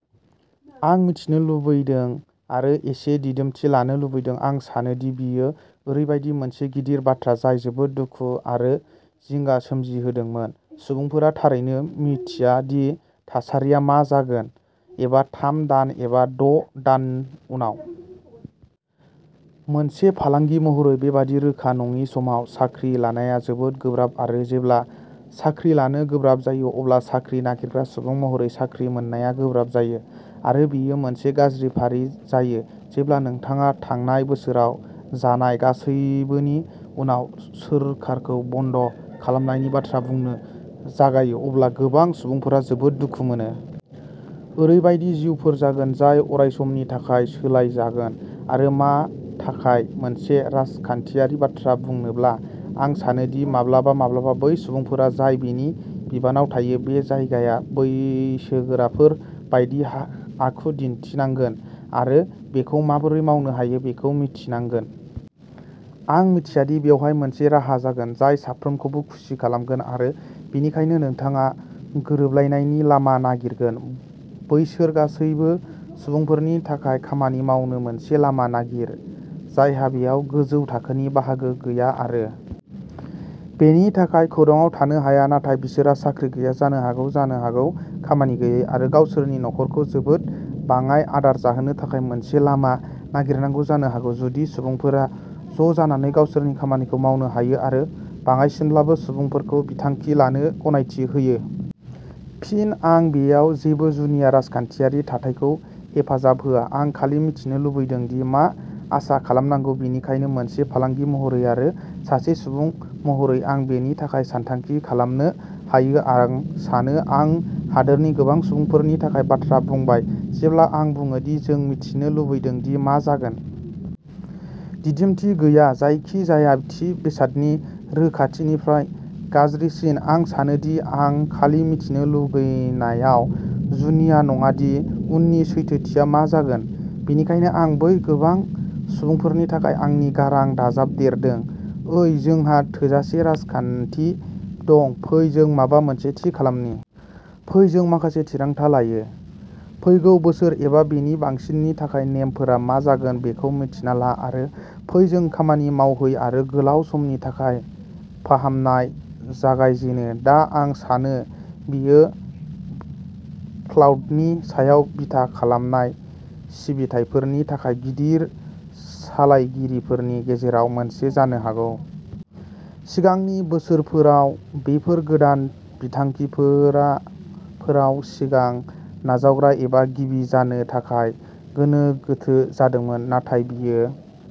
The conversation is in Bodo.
आं मिथिनो लुगैदों आरो एसे दिदोमथि लानो लुबैदों। आं सानो दि बेयो ओरैबायदि मोनसे गिदिर बाथ्रा जाय जोबोद दुखु आरो जिंगा सोमजिहोदोंमोन। सुबुंफोरा थारैनो मिन्थिया दि थासारिया मा जागोन, एबा थाम दान, एबा द' दान उनाव। मोनसे फालांगि महरै बेबादि रोखा नङि समाव साख्रि लानाया जोबोद गोब्राब आरो जेब्ला साख्रि लानो गोब्राब जायो, अब्ला साख्रि नागिरग्रा सुबुं महरै साख्रि मोननाया गोब्राब जायो आरो बेयो मोनसे गाज्रि फारि जायो। जेब्ला नोंथाङा थांनाय बोसोराव जानाय गासैबोनि उनाव सोरखारखौ बन्द खालामनायनि बाथ्रा बुंनो जागायो, अब्ला गोबां सुबुंफोरा जोबोद दुखु मोनो। ओरैबायदि जिउफोर जागोन जाय अरायसमनि थाखाय सोलायजागोन आरो मा थाखाय मोनसे राजखान्थियारि बाथ्रा बुंनोब्ला, आं सानो दि माब्लाबा माब्लाबा बै सुबुंफोरा जाय बेनि बिबानआव थायो। बे जायगाया बैसोगोराफोर बायदि आखु दिन्थिनांगोन आरो बेखौ माबोरै मावनो हायो बेखौ मिथिनांगोन। आं मिथिया दि बेवहाय मोनसे राहा जागोन जाय साफ्रोमखौबो खुसि खालामगोन आरो बेनिखायनो नोंथाङा गोरोबलायनायनि लामा नागिरगोन। बैसोर गासैबो सुबुंफोरनि थाखाय खामानि मावनो मोनसे लामा नागिर, जायहा बेयाव गोजौ थाखोनि बाहागो गैया आरो बेनि थाखाय खौरांआव थानो हाया, नाथाय बिसोरहा साख्रि गैया जानो हागौ, जानो हागौ खामानि गैयै, आरो गावसोरनि नखरखौ जोबोद बाङाय आदार जाहोनो थाखाय मोनसे लामा नागिरनांगौ जानो हागौ, जुदि सुबुंफोरा ज'जानानै गावसोरनि खामानिखौ मावनो हायो आरो बाङाइसिनब्लाबो सुबुंफोरखौ बिथांखि लानो गनायथि होयो। फिन आं बेयाव जेबो जुनिया राजखान्थियारि थाथायखौ हेफाजाब होआ, आं खालि मिथिनो लुगैदों दि मा आसा खालामनांगौ, बेनिखायनो मोनसे फालांगि महरै आरो सासे सुबुं महरै आं बेनि थाखाय सानथांखि खालामनो हायो। आं सानो आं हादोरनि गोबां सुबुंफोरनि थाखाय बाथ्रा बुंबाय जेब्ला आं बुङो दि जों मिथिनो लुगैदों दि मा जागोन। दिदोमथि गैयैआ जायखिजाया थि बेसादनि रोखाथिनिख्रुइ गाज्रिसिन। आं सानो दि आं खालि मिथिनो लुगैनायाव जुनिया नङा दि उननि सैथोथिया मा जागोन। बेनिखायनो आं बै गोबां सुबुंफोरनि थाखाय आंनि गारां दाजाबदेरदों, ओइ जोंहा थोजासे राजखान्थि दं, फै जों माबा मोनसे थि खालामनि। फै जों माखासे थिरांथा लायो, फैगौ बोसोर एबा बेनि बांसिननि थाखाय नेमफोरा मा जागोन बेखौ मिन्थिना ला, आरो फै जों खामानि मावहै आरो गोलाव समनि थाखाय फाहामनाय जागाय जेनो, दा। आं सानो बेयो क्लाउडनि सायाव बिथा खालामनाय सिबिथाइफोरनि थाखाय गिदिर सालायगिरिफोरनि गेजेराव मोनसे जानो हागौ। सिगांनि बोसोरफोराव बेफोर गोदान बिथांखिफोराव सिगां नाजावग्रा एबा गिबि जानो थाखाय गोनो गोथो जादोंमोन, नाथाय बेयो